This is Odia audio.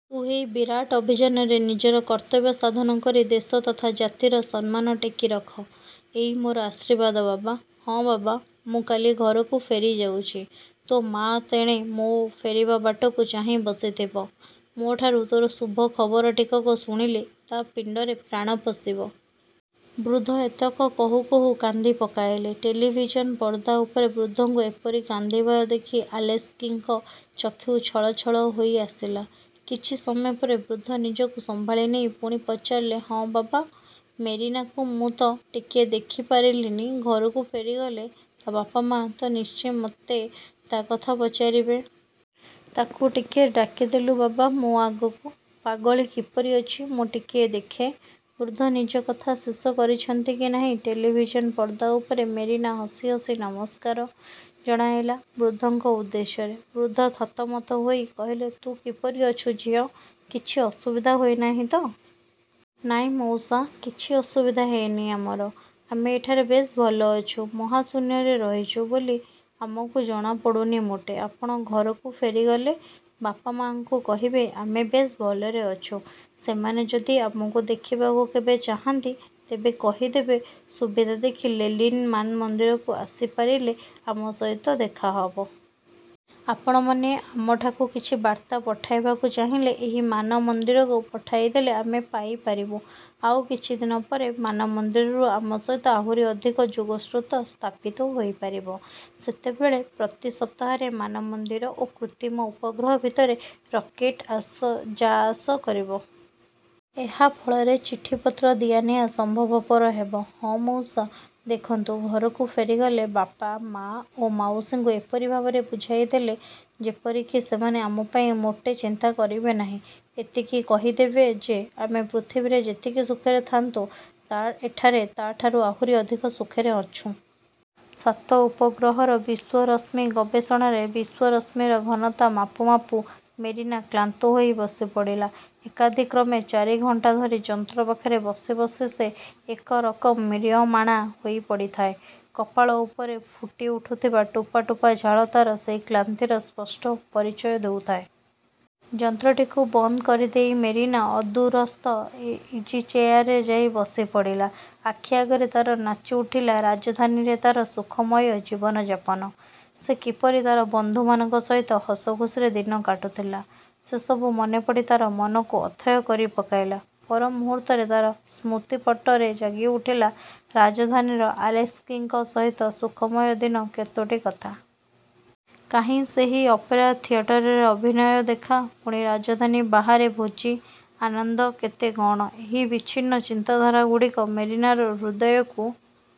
ତୁ ଏହି ବିରାଟ ଅଭିଯାନରେ ନିଜର କର୍ତ୍ତବ୍ୟ ସାଧନ କରି ଦେଶ ତଥା ଜାତିର ସମ୍ମାନ ଟେକି ରଖ, ଏଇ ମୋର ଆଶୀର୍ବାଦ ବାବା। ହଁ, ବାବା! ମୁଁ କାଲି ଘରକୁ ଫେରିଯାଉଛି। ତୋ ମାଆ ତେଣେ ମୋ ଫେରିବା ବାଟକୁ ଚାହିଁ ବସିଥିବ। ମୋଠାରୁ ତୋର ଶୁଭ ଖବରଟିକକ ଶୁଣିଲେ ତା' ପିଣ୍ଡରେ ପ୍ରାଣ ପଶିବ? '' ବୃଦ୍ଧ ଏତକ କହୁ କହୁ କାନ୍ଦି ପକାଇଲେ। ଟେଲିଭିଜନ୍ ପର୍ଦ୍ଦା ଉପରେ ବୃଦ୍ଧଙ୍କୁ ଏପରି କାନ୍ଦିବାର ଦେଖି ଆଲେସ୍କିଙ୍କ ଚକ୍ଷୁ ଛଳଛଳ ହୋଇ ଆସିଲା। କିଛି ସମୟ ପରେ ବୃଦ୍ଧ ନିଜକୁ ସମ୍ଭାଳି ନେଇ ପୁଣି ପଚାରିଲେ, ''ହଁ ବାବା! ମେରିନାକୁ ମୁଁ ତ ଟିକିଏ ଦେଖି ପାରିଲିନି ଘରକୁ ଫେରିଗଲେ ତା ବାପା-ମା ତ ନିଶ୍ଚେ ମୋତେ ତା କଥା ପଚାରିବେ। ତା'କୁ ଟିକେ ଡାକିଦେଲୁ ବାବା ମୋ ଆଗକୁ। ପାଗଳୀ କିପରି ଅଛି, ମୁଁ ଟିକିଏ ଦେଖେ। '' ବୃଦ୍ଧ ନିଜ କଥା ଶେଷ କରିଛନ୍ତି କି ନାହିଁ, ଟେଲିଭିଜନ୍ ପର୍ଦ୍ଦା ଉପରେ ମେରିନା ହସି ହସି ନମସ୍କାର। ଜଣାଇଲା ବୃଦ୍ଧଙ୍କ ଉଦ୍ଦେଶ୍ୟରେ। ବୃଦ୍ଧ ଥତମତ ହୋଇ କହିଲେ ''ତୁ କିପରି ଅଛୁ ଝିଅ, କିଛି ଅସୁବିଧା ହୋଇନାହିଁ ତ? '' ''ନାଇଁ ମଉସା, କିଛି ଅସୁବିଧା ହେଇନି ଆମର। ଆମେ ଏଠାରେ ବେଶ୍ ଭଲ ଅଛୁଁ। ମହାଶୂନ୍ୟରେ ରହିଛୁ ବୋଲି ଆମକୁ ଜଣାପଡ଼ୁନି ମୋଟେ। ଆପଣ ଘରକୁ ଫେରିଗଲେ, ବାପା ମା'ଙ୍କୁ କହିବେ ଆମେ ବେଶ୍ ଭଲରେ ଅଛୁ। ସେମାନେ ଯଦି ଆମକୁ ଦେଖିବାକୁ କେବେ ଚାହାଁନ୍ତି, ତେବେ କହିଦେବେ ସୁବିଧା ଦେଖି ଲେଲିନ୍ ମାନମନ୍ଦିରକୁ ଆସିପାରିଲେ ଆମ ସହିତ ଦେଖା ହବ। ଆପଣମାନେ ଆମଠାକୁ କିଛି ବାର୍ତ୍ତା ପଠାଇବାକୁ ଚାହିଁଲେ ଏହି ମାନମନ୍ଦିରକୁ ପଠାଇଦେଲେ ଆମେ ପାଇ ପାରିବୁଁ। ଆଉ କିଛିଦିନ ପରେ ମାନମନ୍ଦିରରୁ ଆମ ସହିତ ଆହୁରି ଅଧିକ ଯୋଗସ୍ରୁତ ସ୍ଥାପିତ ହୋଇପାରିବ। ସେତେବେଳେ ପ୍ରତି ସପ୍ତାହରେ ମାନମନ୍ଦିର ଓ କୃତିମ ଉପଗ୍ରହ ଭିତରେ ରକେଟ–ଆସ ଜା ଆସ କରିବ। ଏହା ଫଳରେ ଚିଠିପତ୍ର ଦିଆନିଆ ସମ୍ଭବପର ହେବ-। ହଁ ମଉସା! ଦେଖନ୍ତୁ, ଘରକୁ ଫେରିଗଲେ ବାପା, ମା ଓ ମାଉସୀଙ୍କୁ ଏପରି ଭାବରେ ବୁଝାଇ ଦେଲେ, ଯେପରି କି ସେମାନେ ଆମ ପାଇଁ ମୋଟେ ଚିନ୍ତା କରିବେ ନାହିଁ। ଏତିକି କହିଦେବେ ଯେ, ଆମେ ପୃଥିବୀରେ ଯେତିକି ସୁଖରେ ଥା'ନ୍ତୁ ତା ଏଠାରେ ତା'ଠାରୁ ଆହୁରି ଅଧିକ ସୁଖେରେ ଅଛୁଁ-। '' ସାତ ଉପଗ୍ରହର ବିଶ୍ୱରଶ୍ମି ଗବେଷଣାରେ ବିଶ୍ୱରଶ୍ମିର ଘନତା ମାପୁ ମାପୁ ମେରିନା କ୍ଲାନ୍ତ ହୋଇ ବସି ପଡ଼ିଲା। ଏକାଦିକ୍ରମେ ଚାରିଘଣ୍ଟା ଧରି ଯନ୍ତ୍ର ପାଖରେ ବସି ବସି ସେ ଏକ ରକମ ମ୍ରିୟମାଣା ହୋଇ ପଡ଼ିଥାଏ। କପାଳ ଉପରେ ଫୁଟିଉଠୁଥିବା ଟୋପା ଟୋପା ଝାଳ ତାର ସେହି କ୍ଲାନ୍ତିର ସ୍ପଷ୍ଟ ପରିଚୟ ଦଉଥାଏ। ଯନ୍ତ୍ରଟିକୁ ବନ୍ଦ କରିଦେଇ ମେରିନା ଅଦୂରସ୍ଥ ଇ ଇଜିଚେୟାରରେ ଯାଇ ବସିପଡ଼ିଲା। ଆଖି ଆଗରେ ତା'ର ନାଚିଉଠିଲା ରାଜଧାନୀରେ ତା'ର ସୁଖମୟ ଜୀବନଯାପନ। ସେ କିପରି ତା'ର ବନ୍ଧୁମାନଙ୍କ ସହିତ ହସଖୁସିରେ ଦିନ କାଟୁଥିଲା, ସେସବୁ ମନେ ପଡ଼ି ତାର ମନକୁ ଅଥୟ କରି ପକାଇଲା। ପର ମୁହୂର୍ତ୍ତରେ ତା'ର ସ୍ମୃତିପଟରେ ଜାଗି ଉଠିଲା, ରାଜଧାନୀର ଆଲେସ୍କିଙ୍କ ସହିତ ସୁଖମୟ ଦିନ କେତୋଟି କଥା। କାହିଁ ସେହି ଅପେରା ଥିଏଟରରେ ଅଭିନୟ ଦେଖା, ପୁଣି ରାଜଧାନୀ ବାହାରେ ଭୋଜି, ଆନନ୍ଦ–କେତେ କଣ! ଏହି ବିଚ୍ଛିନ୍ନ ଚିନ୍ତାଧାରାଗୁଡ଼ିକ ମେରିନାର ହୃଦୟକୁ